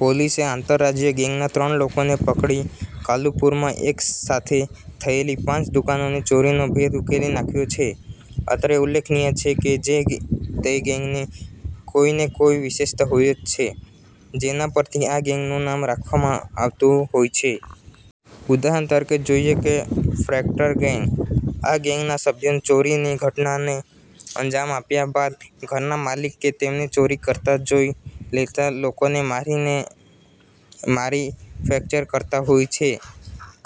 પોલીસે આંતરરાજ્ય ગેંગના ત્રણ લોકોને પકડી કાલુપુરમાં એક સાથે થયેલી પાંચ દુકાનની ચોરીનો ભેદ ઉકેલી નાખ્યો છે. અત્રે ઉલ્લેખનીય છે કે, જે તે ગેંગની કોઈને કોઈ વિશેષતા હોય છે. જેના પરથી આ ગેંગનું નામ રાખવામાં આવતું હોય છે. ઉદાહરણ તરીકે જોઈએ કે ફ્રેક્ટર ગેંગ. આ ગેંગના સભ્યો ચોરીની ઘટનાને અંજામ આપ્યા બાદ ઘરના માલિક કે તેમને ચોરી કરતા જોઈ લેતા લોકોને મારી મારીને ફ્રેક્ચર કરતા હોય છે.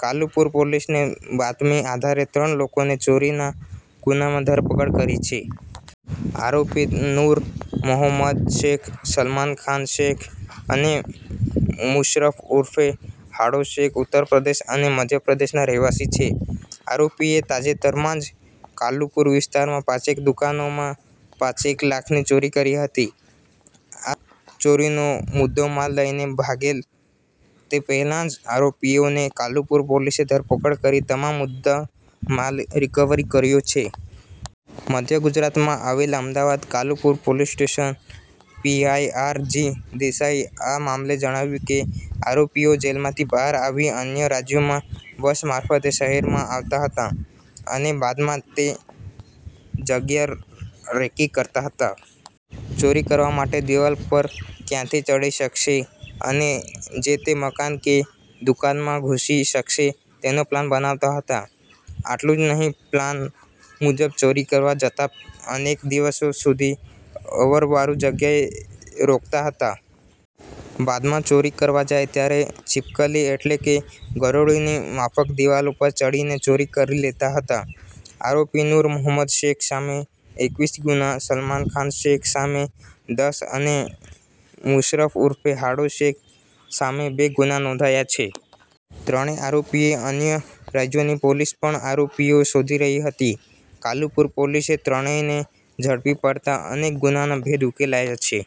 કાલુપુર પોલીસે બાતમી આધારે ત્રણ લોકોની ચોરીના ગુનામાં ધરપકડ કરી છે. આરોપી નૂર મહોમદ શેખ, સલમાન ખાન શેખ અને મુશરફ ઉર્ફે હાડો શેખ ઉત્તરપ્રદેશ અને મધ્યપ્રદેશના રહેવાસી છે. આરોપીઓએ તાજેતરમાં જ કાલુપુર વિસ્તારમાં પાંચેક દુકાનોમાં પાંચેક લાખની ચોરી કરી હતી. આ ચોરીનો મુદ્દામાલ લઈને ભાગે તે પહેલા જ આરોપીઓની કાલુપુર પોલીસે ધરપકડ કરી તમામ મુદ્દામાલ રિકવર કર્યો છે. મધ્ય ગુજરાતમાં આવેલ અમદાવાદમાં કાલુપુર પોલીસ સ્ટેશનના પી. આઇ. આર. જી. દેસાઈએ આ મામલે જણાવ્યું કે, આરોપીઓ જેલમાંથી બહાર આવી અન્ય રાજ્યોમાંથી બસ મારફતે શહેરમાં આવતા હતા અને બાદમાં જે તે જગ્યાની રેકી કરતા હતા. ચોરી કરવા માટે દીવાલ પર ક્યાંથી ચઢી શકાશે અને જે તે મકાન કે દુકાનમાં ઘૂસી શકાશે તેનો પ્લાન બનાવતા હતા. આટલું જ નહીં પ્લાન મુજબ ચોરી કરવા જતા પહેલા અનેક દિવસો સુધી અવાવરું જગ્યાએ રોકાતા હતા. બાદમાં ચોરી કરવા જાય ત્યારે છીપકલી એટલે કે ગરોળીની માફક દીવાલો પર ચઢીને ચોરી કરી લેતા હતા. આરોપી નૂર મહોમદ શેખ સામે એકવીસ ગુના, સલમાન ખાન શેખ સામે દસ અને મુશરફ ઉર્ફે હાડો શેખ સામે બે ગુના નોંધાયા છે. ત્રણેય આરોપીને અન્ય રાજ્યોની પોલીસ પણ આરોપીઓ શોધી રહી હતી. કાલુપુર પોલીસે ત્રણેયને ઝડપી પાડતા અનેક ગુનાના ભેદ ઉકેલાયા છે.